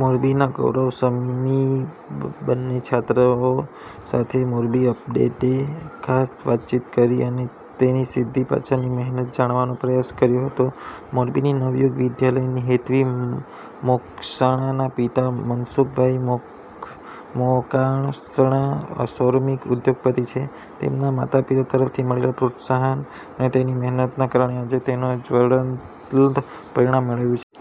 મોરબીના ગૌરવ સમીબન્ને છાત્રાઓ સાથે 'મોરબી અપડેટે' ખાસ વાતચીત કરી અને તેનીસિદ્ધિ પાછળની મહેનત જાણવાનો પ્રયાસ કર્યો હતો. મોરબીની નવયુગ વિદ્યાલયની હેત્વી મોકાસણાના પિતા મનસુખભાઈ મોકાસણા સોરમીક ઉદ્યોગપતિ છે. તેમના માતા- પિતા તરફથી મળેલા પ્રત્સાહન અને તેની મહેનતના કારણે આજે તેને જ્વલંત પરિણામ મેળવ્યું છે.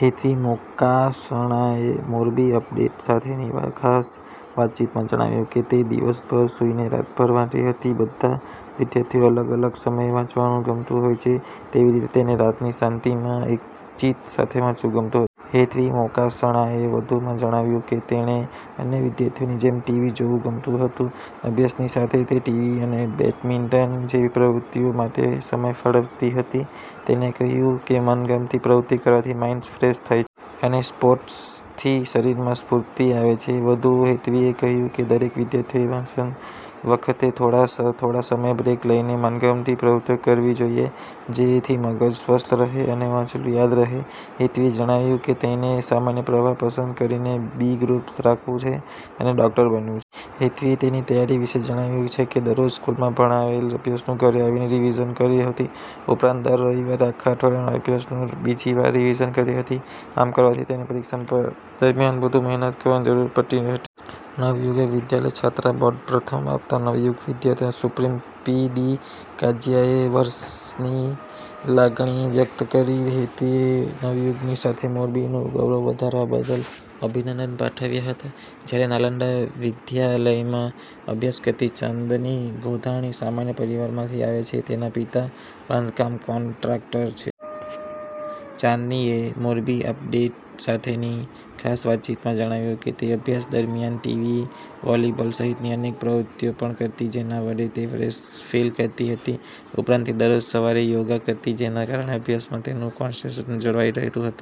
હેત્વી મોકાસણાએ 'મોરબી અપડેટ' સાથેની ખાસ વાતચીતમાં જણાવ્યું કે તે દિવસભર સૂઇને રાતભર વાંચતી હતી. બધા વિદ્યાર્થીઓને અલગ અલગ સમયે વાંચવાંનું ગમતું હોય છે. તેવી રીતે તેને રાતની શાંતીમાં એકચીત સાથે વાંચવું ગમતું હતું. હેત્વી મોકાસણાએ વધુમાં જણાવ્યું કે તેને અન્ય વિદ્યાર્થીઓની જેમ ટીવી જોવું ગમતું હતું. અભ્યાસની સાથે તે ટીવી અને બેડમિન્ટન જેવી પ્રવૃતિઓ માટે સમય ફાળવતી હતી. તેને કહ્યું કે મનગમતી પ્રવૃત્તિ કરવાથી માઈન્ડ ફ્રેશ થાય છે. અને સ્પોર્ટથી શરીરમાં સ્ફૂર્તિ આવે છે. વધૂમાં હેત્વીએ કહ્યું કે દરેક વિદ્યાર્થીઓએ વાંચન વખતે થોડા થોડા સમયે બ્રેક લઈને મનગમતી પ્રવૃત્તિ કરવી જોઈએ જેથી મગજ સ્વસ્થ રહે અને વાંચેલું યાદ રહે. હેત્વીએ જણાવ્યું કે તેને સાયન્સ પ્રવાહ પસંદ કરીને બી ગ્રુપ રાખવું છે અને ડોકટર બનવુ છે. હેત્વીએ તેની તૈયારી વિશે જણાવ્યું કે તે દરરોજ સ્કૂલમાં ભણાવેલ અભ્યાસનું ઘરે આવીને રિવિઝન કરતી હતી. ઉપરાંત દર રવિવારે આખા અઠવાડિયાના અભ્યાસનું બીજી વાર રિવિઝન કરતી હતી. આમ કરવાથી તેને પરીક્ષા દરમિયાન વધુ મહેનત કરવાની જરૂર પડીહતી. નવયુગ વિદ્યાલયની છાત્રા બોર્ડ પ્રથમ આવતા નવયુગ વિદ્યાલયના સુપ્રીમો પી. ડી. કાંજીયાએ હર્ષની લાગણી વ્યકત કરી હેત્વીને નવયુગની સાથે મોરબીનું ગૌરવ વધારવા બાદલ અભિનંદન પાઠવ્યા હતા. જયારે નાલંદા વિદ્યાલયમાં અભ્યાસ કરતી ચાંદની ગોધાણી સામાન્ય પરિવારમાંથી આવે છે તેના પિતા બાંધકામ કોન્ટ્રાકટર છે. ચાંદનીએ 'મોરબી અપડેટ' સાથેની ખાસ વાતચીતમાં જણાવ્યું કે તે અભ્યાસ દરમિયાન ટીવી, વોલીબોલ સહિતની અનેક પ્રવૃતિઓ પણ કરતી જેના વડે તે ફ્રેશ ફિલ કરતી હતી. ઉપરાંત તે દરરોજ સવારે યોગા કરતી જેના કારણે અભ્યાસમાં તેનું કૉન્સ્ટ્રેશન જળવાઈ રહેતું હતું.